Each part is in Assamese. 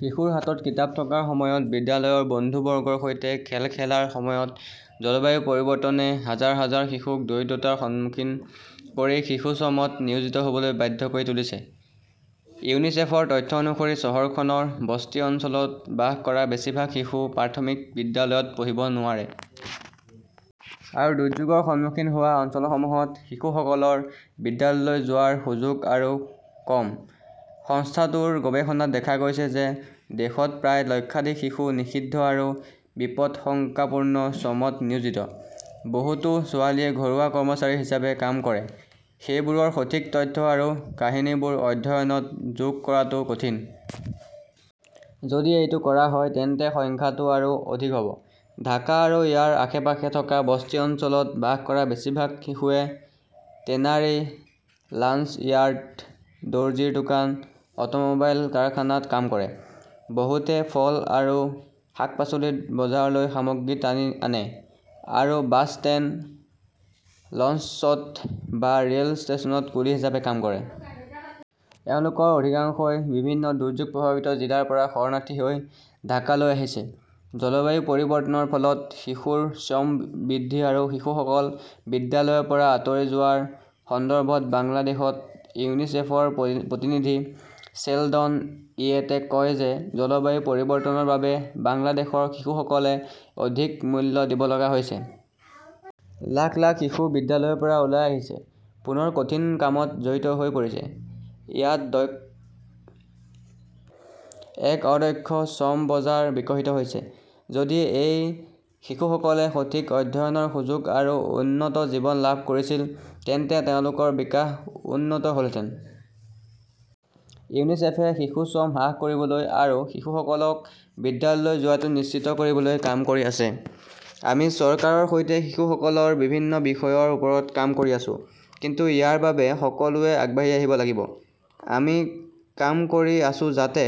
শিশুৰ হাতত কিতাপ থকাৰ সময়ত, বিদ্যালয়ৰ বন্ধুবৰ্গৰ সৈতে খেল খেলাৰ সময়ত, জলবায়ু পৰিৱৰ্তনে হাজাৰ হাজাৰ শিশুক দৰিদ্ৰতাৰ সন্মুখীন কৰি শিশু শ্ৰমত নিয়োজিত হ'বলৈ বাধ্য কৰি তুলিছে। ইউনিচেফৰ তথ্য অনুসৰি, চহৰখনৰ বস্তি অঞ্চলত বাস কৰা বেছিভাগ শিশু প্ৰাথমিক বিদ্যালয়ত পঢ়িব নোৱাৰে। আৰু দুৰ্যোগৰ সন্মুখীন হোৱা অঞ্চলসমূহত শিশুসকলৰ বিদ্যালয়লৈ যোৱাৰ সুযোগ আৰু কম। সংস্থাটোৰ গৱেষণাত দেখা গৈছে যে, দেশত প্ৰায় লক্ষাধিক শিশু নিষিদ্ধ আৰু বিপদাশংকাপূৰ্ণ শ্ৰমত নিয়োজিত। বহুতো ছোৱালীয়ে ঘৰুৱা কৰ্মচাৰী হিচাপে কাম কৰে। সেইবোৰৰ সঠিক তথ্য আৰু কাহিনীবোৰ অধ্যয়নত যোগ কৰাটো কঠিন। যদি এইটো কৰা হয়, তেন্তে সংখ্যাটো আৰু অধিক হ'ব। ঢাকা আৰু ইয়াৰ আশে-পাশে থকা বস্তি অঞ্চলত বাস কৰা বেছিভাগ শিশুৱে টেনাৰী, লঞ্চইয়াৰ্ড, দৰ্জিৰ দোকান, অটোমোবাইল কাৰখানাত কাম কৰে। বহুতে ফল আৰু শাক-পাচলিৰ বজাৰলৈ সামগ্ৰী টানি আনে আৰু বাছ ষ্টেণ্ড, লঞ্চ শ্বট বা ৰেল ষ্টেচনত কুলি হিচাপে কাম কৰে। তেওঁলোকৰ অধিকাংশই বিভিন্ন দুৰ্যোগ প্ৰভাৱিত জিলাৰ পৰা শৰণাৰ্থী হৈ ঢাকালৈ আহিছে। জলবায়ু পৰিৱৰ্তনৰ ফলত শিশুৰ শ্ৰম বৃদ্ধি আৰু শিশুসকল বিদ্যালয়ৰ পৰা আঁতৰি যোৱাৰ সন্দৰ্ভত বাংলাদেশত ইউনিচেফৰ প্ৰতিনিধি শ্বেলডন ইয়েটে কয় যে, জলবায়ু পৰিৱৰ্তনৰ বাবে বাংলাদেশৰ শিশুসকলে অধিক মূল্য দিব লগা হৈছে। লাখ লাখ শিশু বিদ্যালয়ৰ পৰা ওলাই আহিছে, পুনৰ কঠিন কামত জড়িত হৈ পৰিছে। ইয়াত এক অদক্ষ শ্ৰম বজাৰ বিকশিত হৈছে। যদি এই শিশুসকলে সঠিক অধ্যয়নৰ সুযোগ আৰু উন্নত জীৱন লাভ কৰিছিল, তেন্তে তেওঁলোকৰ বিকাশ উন্নত হ'লহেঁতেন। ইউনিছেফে শিশু শ্ৰম হ্ৰাস কৰিবলৈ আৰু শিশুসকলক বিদ্যালয়লৈ যোৱাটো নিশ্চিত কৰিবলৈ কাম কৰি আছে। আমি চৰকাৰৰ সৈতে শিশুসকলৰ বিভিন্ন বিষয়ৰ ওপৰত কাম কৰি আছোঁ। কিন্তু ইয়াৰ বাবে সকলোৱে আগবাঢ়ি আহিব লাগিব। আমি কাম কৰি আছোঁ যাতে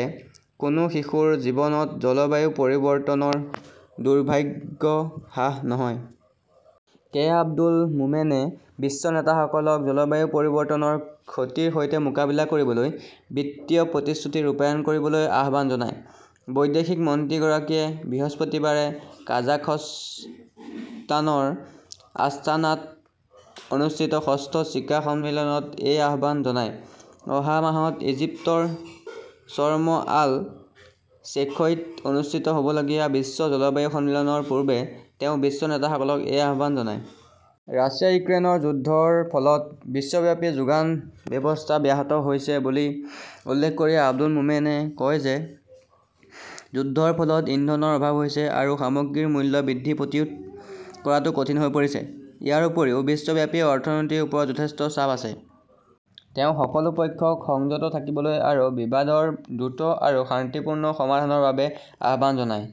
কোনো শিশুৰ জীৱনত জলবায়ু পৰিৱৰ্তনৰ দুৰ্ভাগ্য হ্ৰাস নহয়। কে. আব্দুল মোমেনে বিশ্ব নেতাসকলক জলবায়ু পৰিৱৰ্তনৰ ক্ষতিৰ সৈতে মোকাবিলা কৰিবলৈ, বিত্তীয় প্ৰতিশ্ৰুতি ৰূপায়ণ কৰিবলৈ আহ্বান জনায়। বৈদেশিক মন্ত্ৰীগৰাকীয়ে বৃহস্পতিবাৰে কাজাখস্তানৰ আস্তানাত অনুষ্ঠিত ষষ্ঠ চিকা সন্মিলনত এই আহ্বান জনায়। অহা মাহত ইজিপ্তৰ শৰ্ম আল শ্বেইখত অনুষ্ঠিত হ'বলগীয়া বিশ্ব জলবায়ু সন্মিলনৰ পূৰ্বে তেওঁ বিশ্ব নেতাসকলক এই আহ্বান জনায়। ৰাছিয়া-ইউক্ৰেইন যুদ্ধৰ ফলত বিশ্বব্যাপী যোগান ব্যৱস্থা ব্যাহত হৈছে বুলি উল্লেখ কৰি আব্দুল মোমেনে কয় যে, যুদ্ধৰ ফলত ইন্ধনৰ অভাৱ হৈছে আৰু সামগ্ৰীৰ মূল্য বৃদ্ধি প্ৰতিৰোধ কৰাটো কঠিন হৈ পৰিছে। ইয়াৰ উপৰিও, বিশ্বব্যাপী অৰ্থনীতিৰ ওপৰত যথেষ্ট চাপ আছে। তেওঁ সকলো পক্ষক সংযত থাকিবলৈ আৰু বিবাদৰ দ্ৰুত আৰু শান্তিপূৰ্ণ সমাধানৰ বাবে আহ্বান জনায়।